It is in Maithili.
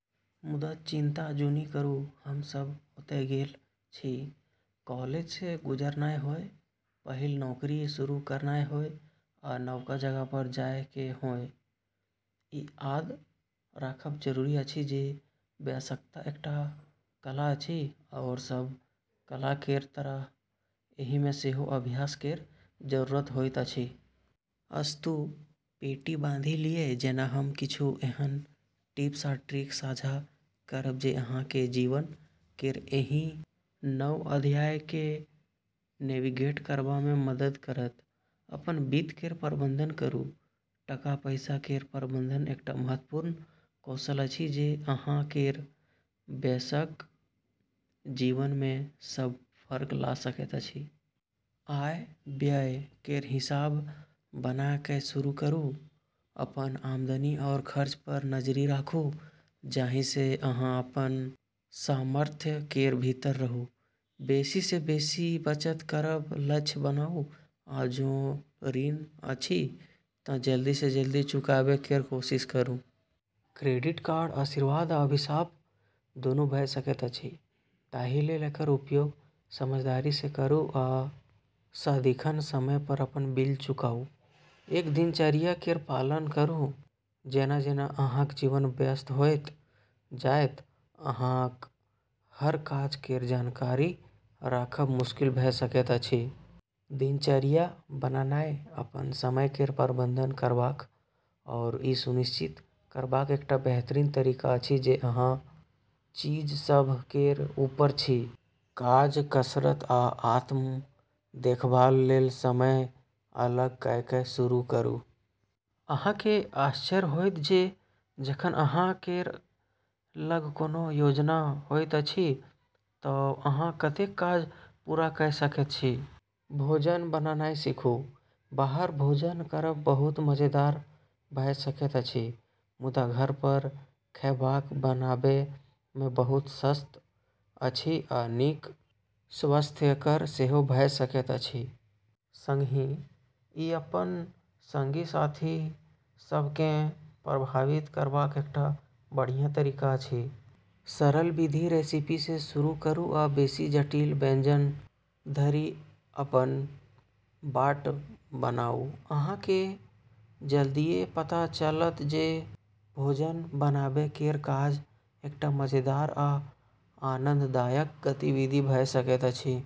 मुदा चिन्ता जुनि करू-हम सभ ओतय गेल छी। कॉलेज सँ गुजरनाय होय, पहिल नौकरी शुरू करनाय होय, या नवका जगह पर जाय केँ होय, ई याद राखब जरूरी अछि जे वयस्कता एकटा कला अछि, आओर सभ कला केर तरह एहि मे सेहो अभ्यास केर जरूरत होइत अछि। अस्तु, पेटी बाँधि लियऽ जेना हम किछु एहन टिप्स आ ट्रिक साझा करब जे अहाँ केँ जीवन केर एहि नव अध्याय केँ नेविगेट करबा मे मदद करत। अपन वित्त केर प्रबंधन करू। टका-पैसा केर प्रबंधन एकटा महत्वपूर्ण कौशल अछि जे अहाँ केर वयस्क जीवन मे सब फर्क ला सकैत अछि। आय-व्यय केर हिसाब बना कऽ शुरू करू, अपन आमदनी आओर खर्च पर नजरि राखू जाहि सँ अहाँ अपन सामर्थ्य केर भीतर रहू। बेसी सँ बेसी बचत करब लक्ष्य बनाऊ, आ जों ऋण अछि तँ जल्दी सँ जल्दी चुकाबै केर कोशिश करू। क्रेडिट कार्ड आशीर्वाद आ अभिशाप दुनू भऽ सकैत अछि, ताहि लेल एकर उपयोग समझदारी सँ करू आ सदिखन समय पर अपन बिल चुकाऊ। एक दिनचर्या केर पालन करू। जेना-जेना अहाँक जीवन व्यस्त होइत जायत, अहाँक हर काज केर जानकारी राखब मुश्किल भऽ सकैत अछि। दिनचर्या बनानाइ अपन समय केर प्रबंधन करबाक आओर ई सुनिश्चित करबाक एकटा बेहतरीन तरीका अछि जे अहाँ चीज सभ केर ऊपर छी। काज, कसरत, आ आत्म-देखभाल लेल समय अलग कऽ कऽ शुरू करू। अहाँ केँ आश्चर्य होयत जे जखन अहाँ केर लग कोनो योजना होइत अछि तँ अहाँ कतेक काज पूरा कऽ सकैत छी। भोजन बनानाइ सीखू। बाहर भोजन करब बहुत मजेदार भऽ सकैत अछि, मुदा घर पर खैबाक बनाबै मे बहुत सस्त अछि आ नीक स्वास्थ्यकर सेहो भऽ सकैत अछि। संगहि, ई अपन संगी-साथी सभ केँ प्रभावित करबाक एकटा बढ़िया तरीका अछि! सरल विधि रेसिपी सँ शुरू करू आ बेसी जटिल व्यंजन धरि अपन बाट बनाऊ। अहाँ केँ जल्दिये पता चलत जे भोजन बनाबै केर काज एकटा मजेदार आ आनंददायक गतिविधि भऽ सकैत अछि।